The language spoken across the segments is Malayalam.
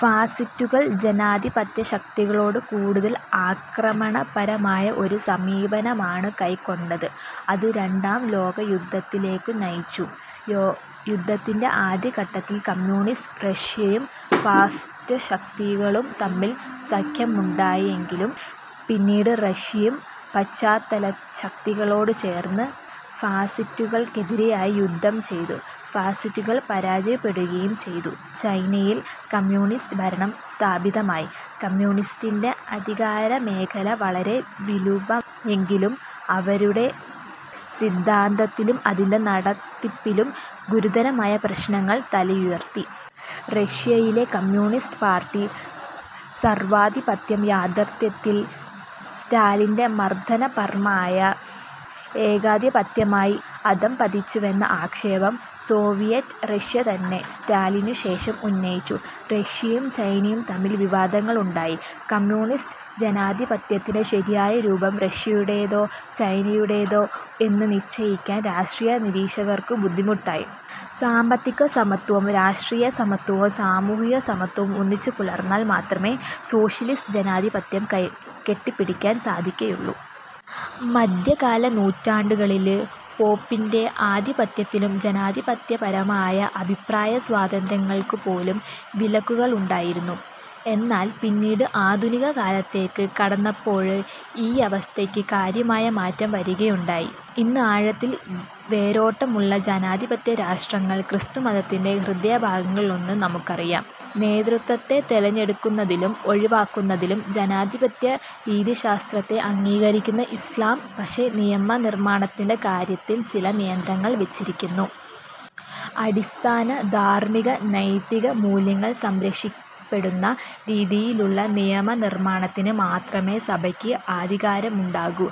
ഫാസിസ്റ്റുകൾ ജനാധിപത്യശക്തികളോടു കൂടുതൽ ആക്രമണപരമായ ഒരു സമീപനമാണു കൈക്കൊണ്ടത്. അത് രണ്ടാം ലോകയുദ്ധത്തിലേക്കു നയിച്ചു. യുദ്ധത്തിന്റെ ആദ്യഘട്ടത്തിൽ കമ്മ്യൂണിസ്റ്റ് റഷ്യയും ഫാസിസ്റ്റുശക്തികളും തമ്മിൽ സഖ്യമുണ്ടാക്കിയെങ്കിലും, പിന്നീട് റഷ്യയും പാശ്ചാത്യശക്തികളോടുചേർന്ന് ഫാസിസ്റ്റുകൾക്കെതിരായി യുദ്ധം ചെയ്തു. ഫാസിസ്റ്റുകൾ പരാജയപ്പെടുകയും ചെയ്തു. ചൈനയിൽ കമ്മ്യൂണിസ്റ്റ് ഭരണം സ്ഥാപിതമായി. കമ്മ്യൂണിസത്തിന്റെ അധികാരമേഖല വളരെ വിപുലമായെങ്കിലും, അവരുടെ സിദ്ധാന്തത്തിലും അതിന്റെ നടത്തിപ്പിലും ഗുരുതരമായ പ്രശ്നങ്ങൾ തലയുയർത്തി. റഷ്യയിലെ കമ്മ്യൂണിസ്റ്റ് പാർട്ടി സർവ്വാധിപത്യം യഥാർത്ഥത്തിൽ സ്റ്റാലിന്റെ മർദ്ദനപർമായ ഏകാധിപത്യമായി അധഃപതിച്ചുവെന്ന ആക്ഷേപം സോവിയറ്റ് റഷ്യതന്നെ സ്റ്റാലിന്നുശേഷം ഉന്നയിച്ചു. റഷ്യയും ചൈനയും തമ്മിൽ വിവാദങ്ങളുണ്ടായി. കമ്മ്യൂണിസ്റ്റ് ജനാധിപത്യത്തിന്റെ ശരിയായ രൂപം റഷ്യയുടേയോ, ചൈനയുടേതോ എന്നു നിശ്ചയിക്കാൻ രാഷ്ട്രീയ നിരിക്ഷകർക്കു ബുദ്ധിമുട്ടായി. സാമ്പത്തികസമത്വവും, രാഷ്ട്രീയസമത്വവും, സാമൂഹിക സമത്വവും ഒന്നിച്ചുപുലർന്നാൽ മാത്രമെ സോഷ്യലിസ്റ്റ് ജനാധിപത്യം കെട്ടിപ്പടുക്കാൻ സാധിക്കുകയുള്ളൂ. മദ്ധ്യകാല നൂറ്റാണ്ടുകളില് പോപ്പിന്റെ ആധിപത്യത്തിലും ജനാധിപത്യപരമായ അഭിപ്രായ സ്വാതന്ത്ര്യങ്ങൾക്കു പോലും വിലക്കുകളുണ്ടായിരുന്നു. എന്നാൽ പിന്നീട് ആധുനിക കാലത്തേക്ക് കടന്നപ്പോള് ഈയവസ്ഥക്ക് കാര്യമായ മാറ്റം വരുകയുണ്ടായി. ഇന്ന് ആഴത്തിൽ വേരോട്ടമുള്ള ജനാധിപത്യ രാഷ്ട്രങ്ങൾ ക്രിസ്തുമതത്തിന്റെ ഹൃദയഭാഗങ്ങളിലാണെന്ന് നമുക്കറിയാം. നേതൃത്വത്തെ തെരഞ്ഞെടുക്കുന്നതിലും ഒഴിവാക്കുന്നതിലും ജനാധിപത്യ രീതിശാസ്ത്രത്തെ അംഗീകരിക്കുന്ന ഇസ്ലാം, പക്ഷെ നിയമനിർമ്മാണത്തിന്റെ കാര്യത്തിൽ ചില നിയന്ത്രണങ്ങൾ വെച്ചിരിക്കുന്നു. അടിസ്ഥാന ധാർമിക-നൈതിക മൂല്യങ്ങൾ സംരക്ഷിക്കപ്പെടുന്ന രീതിയിലുള്ള നിയമനിർമ്മാണത്തിന് മാത്രമേ സഭക്ക് അധികാരമുണ്ടാകൂ.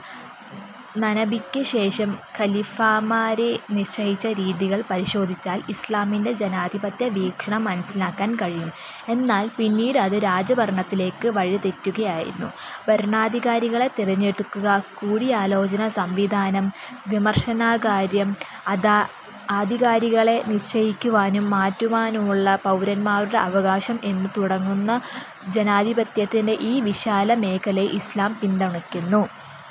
നബിക്ക് ശേഷം ഖലീഫമാരെ നിശ്ചയിച്ച രീതികൾ പരിശോധിച്ചാൽ ഇസ്ലാമിന്റെ ജനാധിപത്യ വീക്ഷണം മനസ്സിലാക്കാൻ കഴിയും. എന്നാൽ പിന്നീട് അത് രാജഭരണത്തിലേക്ക് വഴിതെറ്റുകയായിരുന്നു. ഭരണാധികാരികളെ തിരഞ്ഞടുക്കുക, കൂടിയാലോചന സംവിധാനം, വിമർശനാധികാര്യം, അധികാരികളെ നിശ്ചയിക്കുവാനും മാറ്റാനുമുള്ള പൗരൻമാരുടെ അവകാശം എന്നു തുടങ്ങുന്ന ജനാധിപത്യത്തിൻറെ ഈ വിശാല മേഖലയെ ഇസ്ലാം പിന്തുണക്കുന്നു.